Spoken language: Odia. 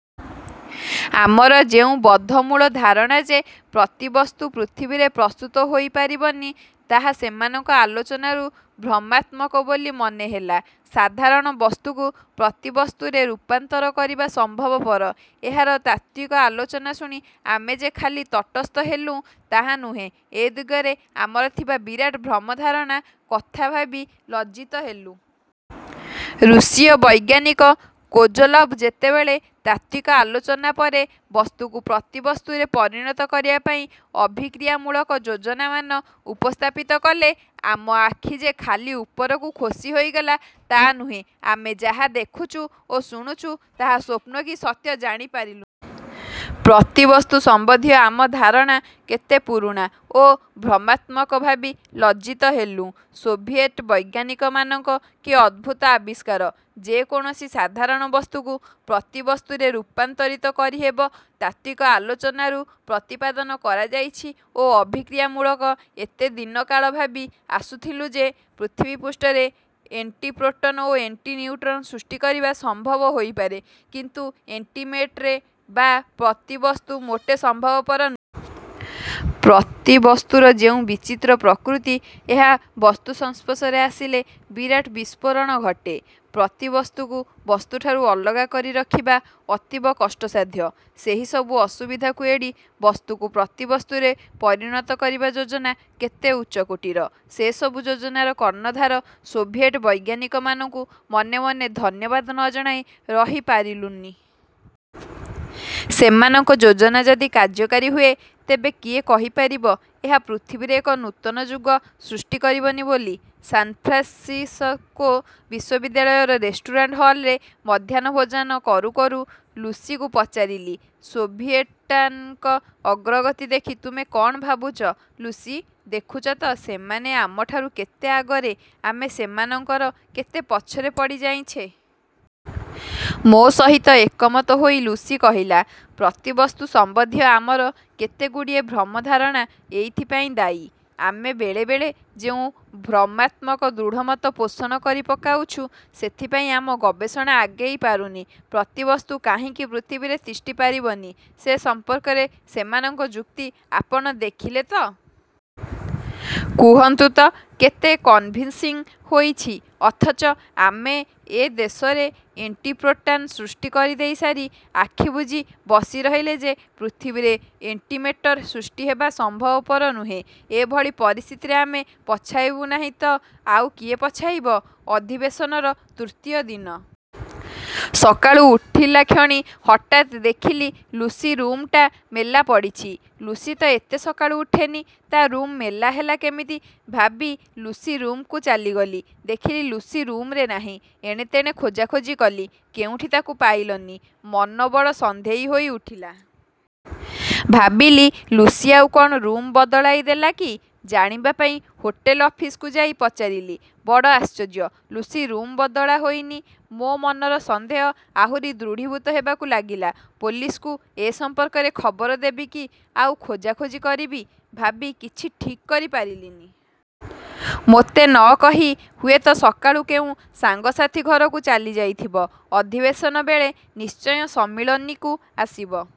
ଆମର ଯେଉଁ ବଦ୍ଧମୂଳ ଧାରଣା ଯେ ପ୍ରତିବସ୍ତୁ ପୃଥିବୀରେ ପ୍ରସ୍ତୁତ ହୋଇପାରିବନି, ତାହା ସେମାନଙ୍କ ଆଲୋଚନାରୁ ଭ୍ରମାତ୍ମକ ବୋଲି ମନେହେଲା। ସାଧାରଣ ବସ୍ତୁକୁ ପ୍ରତିବସ୍ତୁରେ ରୂପାନ୍ତର କରିବା ସମ୍ଭବପର, ଏହାର ତାତ୍ତ୍ୱିକ ଆଲୋଚନା ଶୁଣି ଆମେ ଯେ ଖାଲି ତଟସ୍ଥ ହେଲୁଁ ତା ନୁହେଁ ଏ ଦିଗରେ ଆମର ଥିବା ବିରାଟ ଭ୍ରମଧାରଣା କଥା ଭାବି ଲଜ୍ଜିତ ହେଲୁଁ। ରୁଷୀୟ ବୈଜ୍ଞାନିକ କୋଜୋଲଭ୍ ଯେତେବେଳେ ତାତ୍ତ୍ୱିକ ଆଲୋଚନା ପରେ ବସ୍ତୁକୁ ପ୍ରତିବସ୍ତୁରେ ପରିଣତ କରିବା ପାଇଁ ଅଭିକ୍ରିୟାମୂଳକ ଯୋଜନାମାନ ଉପସ୍ଥାପିତ କଲେ, ଆମ ଆଖି ଯେ ଖାଲି ଉପରକୁ ଖୋସି ହୋଇଗଲା ତା ନୁହେଁ, ଆମେ ଯାହା ଦେଖୁଛୁ ଓ ଶୁଣୁଛୁ ତାହା ସ୍ୱପ୍ନ କି ସତ୍ୟ ଜାଣି ପାରିଲୁନି। ପ୍ରତିବସ୍ତୁସମ୍ବନ୍ଧୀୟ ଆମ ଧାରଣା କେତେ ପୁରୁଣା ଓ ଭ୍ରମାତ୍ମକ ଭାବି ଲଜ୍ଜିତ ହେଲୁଁ। ସୋଭିୟେଟ୍ ବୈଜ୍ଞାନିକମାନଙ୍କ କି ଅଦ୍ଭୁତ ଆବିଷ୍କାର! ଯେ କୌଣସି ସାଧାରଣ ବସ୍ତୁକୁ ପ୍ରତିବସ୍ତୁରେ ରୂପାନ୍ତରିତ କରିହେବ, ତାତ୍ତ୍ୱିକ ଆଲୋଚନାରୁ ପ୍ରତିପାଦନ କରାଯାଇଛି ଓ ଅଭିକ୍ରିୟାମୂଳକ ଏତେ ଦିନ କାଳ ଭାବି ଆସୁଥିଲୁଁ ଯେ ପୃଥିବୀପୃଷ୍ଠରେ ଏଣ୍ଟିପ୍ରୋଟନ ଓ ଏଣ୍ଟିନିଉଟ୍ରନ ସୃଷ୍ଟି କରିବା ସମ୍ଭବ ହୋଇପାରେ; କିନ୍ତୁ ଏଣ୍ଟିମେଟରେ ବା ପ୍ରତିବସ୍ତୁ ମୋଟେ ସମ୍ଭବପର। ପ୍ରତିବସ୍ତୁର ଯେଉଁ ବିଚିତ୍ର ପ୍ରକୃତି, ଏହା ବସ୍ତୁସଂସ୍ପର୍ଶରେ ଆସିଲେ ବିରାଟ ବିସ୍ଫୋରଣ ଘଟେ, ପ୍ରତିବସ୍ତୁକୁ ବସ୍ତୁଠାରୁ ଅଲଗା କରି ରଖିବା ଅତୀବ କଷ୍ଟସାଧ୍ୟ; ସେହି ସବୁ ଅସୁବିଧାକୁ ଏଡ଼ି ବସ୍ତୁକୁ ପ୍ରତିବସ୍ତୁରେ ପରିଣତ କରିବା ଯୋଜନା କେତେ ଉଚ୍ଚକୋଟିର, ସେସବୁ ଯୋଜନାର କର୍ଣ୍ଣଧାର ସୋଭିୟେଟ୍ ବୈଜ୍ଞାନିକମାନଙ୍କୁ ମନେ ମନେ ଧନ୍ୟବାଦ ନ ଜଣାଇ ରହି ପାରୁଲୁନି। ସେମାନଙ୍କ ଯୋଜନା ଯଦି କାର୍ଯ୍ୟକାରୀ ହୁଏ, ତେବେ କିଏ କହିପାରିବ ଏହା ପୃଥିବୀରେ ଏକ ନୂତନ ଯୁଗ ସୃଷ୍ଟି କରିବନି ବୋଲି ସାନ୍ଫ୍ରାନ୍ସିସକୋ ବିଶ୍ୱବିଦ୍ୟାଳୟର ରେଷ୍ଟୁରାଣ୍ଟ ହଲରେ ମଧ୍ୟାହ୍ନଭୋଜନ କରୁ କରୁ ଲୁସିକୁ ପଚାରିଲି, ଶୋଭିଏଟାନ ଅଗ୍ରଗତି ଦେଖି ତୁମେ କଣ ଭାବୁଛ, ଲୁସି? ଦେଖୁଛ ତ ସେମାନେ ଆମଠାରୁ କେତେ ଆଗରେ, ଆମେ ସେମାନଙ୍କର କେତେ ପଛରେ ପଡ଼ି ଯାଇଛେଁ ମୋ ସହିତ ଏକମତ ହୋଇ ଲୁସି କହିଲା, ପ୍ରତିବସ୍ତୁ ସମ୍ବନ୍ଧୀୟ ଆମର କେତେ ଗୁଡ଼ିଏ ଭ୍ରମଧାରଣା ଏଥିପାଇଁ ଦାୟୀ। ଆମେ ବେଳେ ବେଳେ ଯେଉଁ ଭ୍ରମାତ୍ମକ ଦୃଢ଼ମତ ପୋଷଣ କରି ପକାଉଛୁ, ସେଥିପାଇଁ ଆମ ଗବେଷଣା ଆଗେଇ ପାରୁନି। ପ୍ରତିବସ୍ତୁ କାହିଁକି ପୃଥିବୀରେ ତିଷ୍ଠିପାରିବନି, ସେ ସଂପର୍କରେ ସେମାନଙ୍କ ଯୁକ୍ତି ଆପଣ ଦେଖିଲେ ତ? କୁହନ୍ତୁ ତ କେତେ କନ୍ଭିନ୍ସିଙ୍ଗ ହୋଇଛି। ଅଥଚ ଆମେ ଏ ଦେଶରେ ଏଣ୍ଟିପ୍ରୋଟାନ୍ ସୃଷ୍ଟି କରିଦେଇ ସାରି ଆଖିବୁଜି ବସିରହିଲେ ଯେ ପୃଥିବୀରେ ଏଣ୍ଟିମେଟର ସୃଷ୍ଟିହେବା ସମ୍ଭବପର ନୁହେଁ। ଏଭଳି ପରିସ୍ଥିତିରେ ଆମେ ପଛାଇବୁ ନାହିଁ ତ ଆଉ କିଏ ପଛାଇବ? ଅଧିବେଶନର ତୃତୀୟ ଦିନ। ସକାଳୁ ଉଠିଲାକ୍ଷଣି ହଠାତ୍ ଦେଖିଲି ଲୁସି ରୁମ୍ ଟା ମେଲା ପଡ଼ିଛି। ଲୁସି ତ ଏତେ ସକାଳୁ ଉଠେନି, ତା'ରୁମ୍ ମେଲାହେଲା କେମିତି ଭାବି ଲୁସି ରୁମ୍ ଚାଲିଗଲି, ଦେଖିଲି ଲୁସି ରୁମରେ ନାହିଁ। ଏଣେତେଣେ ଖୋଜା ଖୋଜି କଲି। କେଉଁଠି ତାକୁ ପାଇଲନି। ମନ ବଡ଼ ସନ୍ଦେହୀ ହୋଇ ଉଠିଲା। ଭାବିଲି, ଲୁସି ଆଉ କ'ଣ ରୁମ୍ ବଦଳାଇ ଦେଲା କି? ଜାଣିବା ପାଇଁ ହୋଟେଲ ଅଫିସକୁ ଯାଇ ପଚାରିଲି। ବଡ଼ ଆଶ୍ଚର୍ଯ୍ୟ, ଲୁସି ରୁମ୍ ବଦଳା ହୋଇନି। ମୋ ମନର ସନ୍ଦେହ ଆହୁରି ଦୃଢ଼ୀଭୂତ ହେବାକୁ ଲାଗିଲା। ପୋଲିସକୁ ଏ ସମ୍ପର୍କରେ ଖବର ଦେବି କି ଆଉ ଖୋଜା ଖୋଜି କରିବି, ଭାବି କିଛି ଠିକ୍ କରି ପାରିଲିନି। ମୋତେ ନ କହି ହୁଏତ ସକାଳୁ କେଉଁ ସାଙ୍ଗସାଥି ଘରକୁ ଚାଲିଯାଇଥିବ, ଅଧିବେଶନ ବେଳେନିଶ୍ଚୟ ସମ୍ମିଳନୀକୁ ଆସିବ,